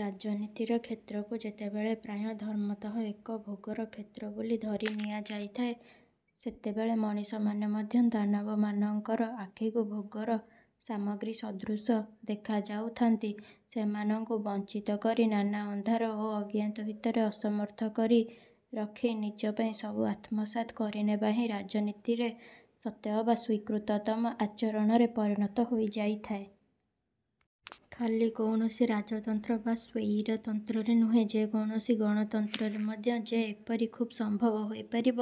ରାଜନୀତିର କ୍ଷେତ୍ରକୁ ଯେତେବେଳେ ପ୍ରାୟ ଧର୍ମତଃ ଏକ ଭୋଗର କ୍ଷେତ୍ର ବୋଲି ଧରି ନିଆଯାଇଥାଏ, ସେତେବେଳେ ମଣିଷମାନେ ମଧ୍ୟ ଦାନବମାନଙ୍କର ଆଖିକୁ ଭୋଗର ସାମଗ୍ରୀ ସଦୃଶ ଦେଖାଯାଉଥାନ୍ତି। ସେମାନଙ୍କୁ ବଂଚିତ କରି, ନାନା ଅନ୍ଧାର ଓ ଅଜ୍ଞାତ ଭିତରେ ଅସମର୍ଥ କରି ରଖି ନିଜ ପାଇଁ ସବୁ ଆତ୍ମସାତ୍ କରିନେବା ହିଁ ରାଜନୀତିରେ ସତେଅବା ସ୍ୱୀକୃତତମ ଆଚରଣରେ ପରିଣତ ହୋଇ ଯାଇଥାଏ। ଖାଲି କୌଣସି ରାଜତନ୍ତ୍ର ବା ସ୍ୱୈରତନ୍ତ୍ରରେ ନୁହେଁ, ଯେକୌଣସି ଗଣତନ୍ତ୍ରରେ ମଧ୍ୟ ଯେ ଏପରି ଖୁବ୍ ସମ୍ଭବ ହୋଇପାରିବ,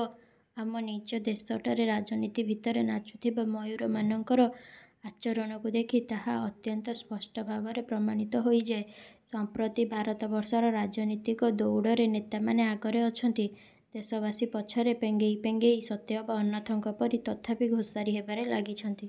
ଆମ ନିଜ ଦେଶଟାରେ ରାଜନୀତି ଭିତରେ ନାଚୁଥିବା ମୟୁରମାନଙ୍କର ଆଚରଣକୁ ଦେଖି ତାହା ଅତ୍ୟନ୍ତ ସ୍ପଷ୍ଟ ଭାବରେ ପ୍ରମାଣିତ ହୋଇଯାଏ। ସଂପ୍ରତି ଭାରତବର୍ଷର ରାଜନୀତିକ ଦଉଡ଼ରେ ନେତାମାନେ ଆଗରେ ଅଛନ୍ତି, ଦେଶବାସୀ ପଛରେ ପେଙ୍ଗଇ, ପେଙ୍ଗଇ ସତେଅବା ଅନାଥଙ୍କ ପରି ତଥାପି ଘୋଷାରି ହେବାରେ ଲାଗିଛନ୍ତି।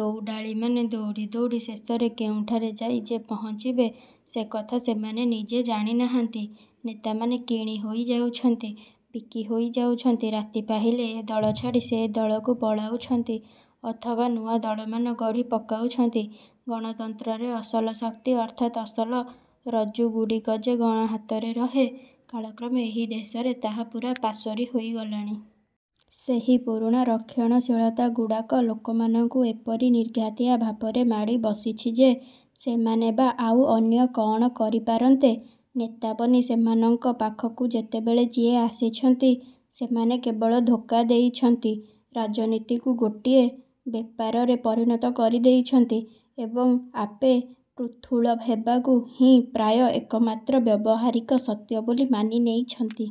ଦଉଡାଳିମାନେ ଦଉଡ଼ି ଦଉଡ଼ି ଶେଷରେ କେଉଁଠାରେ ଯାଇ ଯେ ପହଂଚିବେ, ସେକଥା ସେମାନେ ନିଜେ ଜାଣିନାହାନ୍ତି। ନେତାମାନେ କିଣି ହୋଇ ଯାଉଛନ୍ତି, ବିକିହୋଇ ଯାଉଛନ୍ତି। ରାତି ପାହିଲେ, ଏ ଦଳ ଛାଡ଼ି ସେ ଦଳକୁ ପଳାଉଛନ୍ତି, ଅଥବା ନୂଆ ଦଳମାନ ଗଢ଼ି ପକାଉଛନ୍ତି। ଗଣତନ୍ତ୍ରରେ ଅସଲ ଶକ୍ତି ଅର୍ଥାତ୍ ଅସଲ ରଜ୍ଜୁଗୁଡ଼ିକ ଯେ ଗଣହାତରେ ରହେ, କାଳକ୍ରମେ ଏହି ଦେଶରେ ତାହା ପୂରା ପାସୋରି ହୋଇଗଲାଣି। ସେହି ପୁରୁଣା ରକ୍ଷଣଶୀଳତା ଗୁଡ଼ାକ ଲୋକମାନଙ୍କୁ ଏପରି ନିର୍ଘାତିଆ ଭାବରେ ମାଡ଼ିବସିଛି ଯେ, ସେମାନେ ବା ଆଉ ଅନ୍ୟ କଅଣ କରିପାରନ୍ତେ! ନେତା ବନି ସେମାନଙ୍କ ପାଖକୁ ଯେତେବେଳେ ଯିଏ ଆସିଛନ୍ତି, ସେମାନେ କେବଳ ଧୋକା ଦେଇଛନ୍ତି। ରାଜନୀତିକୁ ଗୋଟିଏ ବେପାରରେ ପରିଣତ କରି ଦେଇଛନ୍ତି ଏବଂ ଆପେ ପୃଥୁଳ ହେବାକୁ ହିଁ ପ୍ରାୟ ଏକମାତ୍ର ବ୍ୟବହାରିକ ସତ୍ୟ ବୋଲି ମାନି ନେଇଛନ୍ତି।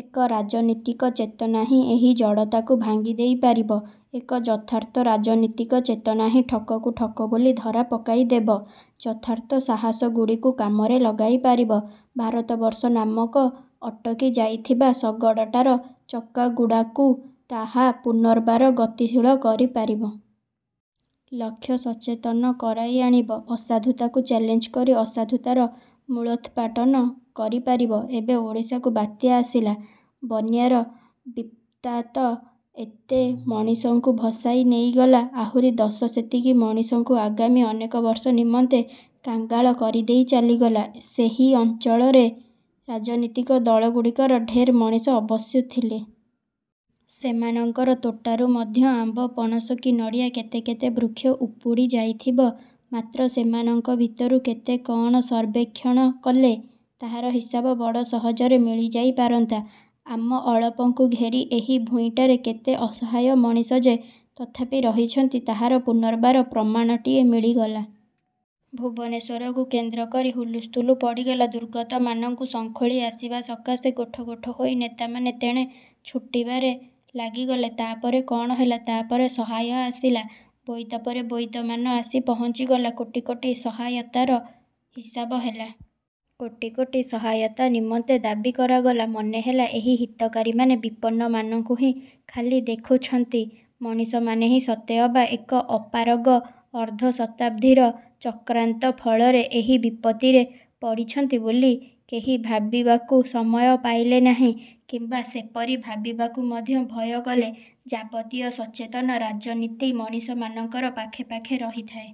ଏକ ରାଜନୀତିକ ଚେତନା ହିଁ ଏହି ଜଡ଼ତାକୁ ଭାଙ୍ଗିଦେଇ ପାରିବ। ଏକ ଯଥାର୍ଥ ରାଜନୀତିକ ଚେତନା ହିଁ ଠକକୁ ଠକ ବୋଲି ଧରା ପକାଇଦେବ। ଯଥାର୍ଥ ସାହସଗୁଡ଼ିକୁ କାମରେ ଲଗାଇ ପାରିବ। ଭାରତବର୍ଷ ନାମକ ଅଟକି ଯାଇଥିବା ଶଗଡ଼ଟାର ଚକାଗୁଡ଼ାକୁ ତାହା ପୁନର୍ବାର ଗତିଶୀଳ କରିପାରିବ। ଲକ୍ଷ୍ୟସଚେତନ କରାଇ ଆଣିବ। ଅସାଧୁତାକୁ ଚ୍ୟାଲେଞ୍ଜ କରି ଅସାଧୁତାର ମୂଳୋତ୍ପାଟନ କରିପାରିବ। ଏବେ ଓଡ଼ିଶାକୁ ବାତ୍ୟା ଆସିଲା, ବନ୍ୟାର ବିତ୍ପାତ ଏତେ ମଣିଷଙ୍କୁ ଭସାଇ ନେଇଗଲା, ଆହୁରି ଦଶ ସେତିକି ମଣିଷଙ୍କୁ ଆଗାମୀ ଅନେକ ବର୍ଷ ନିମନ୍ତେ କାଙ୍ଗାଳ କରିଦେଇ ଚାଲିଗଲା। ସେହି ଅଂଚଳରେ ରାଜନୀତିକ ଦଳଗୁଡ଼ିକର ଢେର ମଣିଷ ଅବଶ୍ୟ ଥିଲେ। ସେମାନଙ୍କର ତୋଟାରୁ ମଧ୍ୟ ଆମ୍ବ, ପଣସ କି ନଡ଼ିଆ କେତେ କେତେ ବୃକ୍ଷ ଉପୁଡ଼ି ଯାଇଥିବ ମାତ୍ର ସେମାନଙ୍କ ଭିତରୁ କେତେ କଅଣ ସର୍ବେକ୍ଷଣ କଲେ, ତାହାର ହିସାବ ବଡ଼ ସହଜରେ ମିଳିଯାଇ ପାରନ୍ତା। ଆମ ଅଳପଙ୍କୁ ଘେରି ଏହି ଭୂଇଁଟାରେ କେତେ ଅସହାୟ ମଣିଷ ଯେ ତଥାପି ରହିଛନ୍ତି, ତାହାର ପୁନର୍ବାର ପ୍ରମାଣଟିଏ ମିଳିଗଲା। ଭୁବନେଶ୍ୱରକୁ କେନ୍ଦ୍ର କରି ହୁଲୁସ୍ତୁଲୁ ପଡ଼ିଗଲା। ଦୁର୍ଗତମାନଙ୍କୁ ସଂଖୋଳି ଆସିବା ସକାଶେ ଗୋଠ ,ଗୋଠ ହୋଇ ନେତାମାନେ ତେଣେ ଛୁଟିବାରେ ଲାଗିଗଲେ। ତା' ପରେ କ'ଣ ହେଲା? ତା'ପରେ ସହାୟ ଆସିଲା, ବୋଇତ ପରେ ବୋଇତମାନ ଆସି ପହଞ୍ଚିଗଲା। କୋଟି କୋଟି ସହାୟତାର ହିସାବ ହେଲା। କୋଟି କୋଟି ସହାୟତା ନିମନ୍ତେ ଦାବି କରାଗଲା। ମନେହେଲା, ଏହି ହିତକାରୀମାନେ ବିପନ୍ନମାନଙ୍କୁ ହିଁ ଖାଲି ଦେଖୁଛନ୍ତି, ମଣିଷମାନେ ହିଁ ସତେଅବା ଏକ ଅପାରଗ ଅର୍ଦ୍ଧଶତାବ୍ଦୀର ଚକ୍ରାନ୍ତ ଫଳରେ ଏହି ବିପତ୍ତିରେ ପଡ଼ିଛନ୍ତି ବୋଲି କେହି ଭାବିବାକୁ ସମୟ ପାଇଲେ ନାହିଁ। କିମ୍ବା ସେପରି ଭାବିବାକୁ ମଧ୍ୟ ଭୟ କଲେ। ଯାବତୀୟ ସଚେତନ ରାଜନୀତି ମଣିଷମାନଙ୍କର ପାଖେ ପାଖେ ରହିଥାଏ।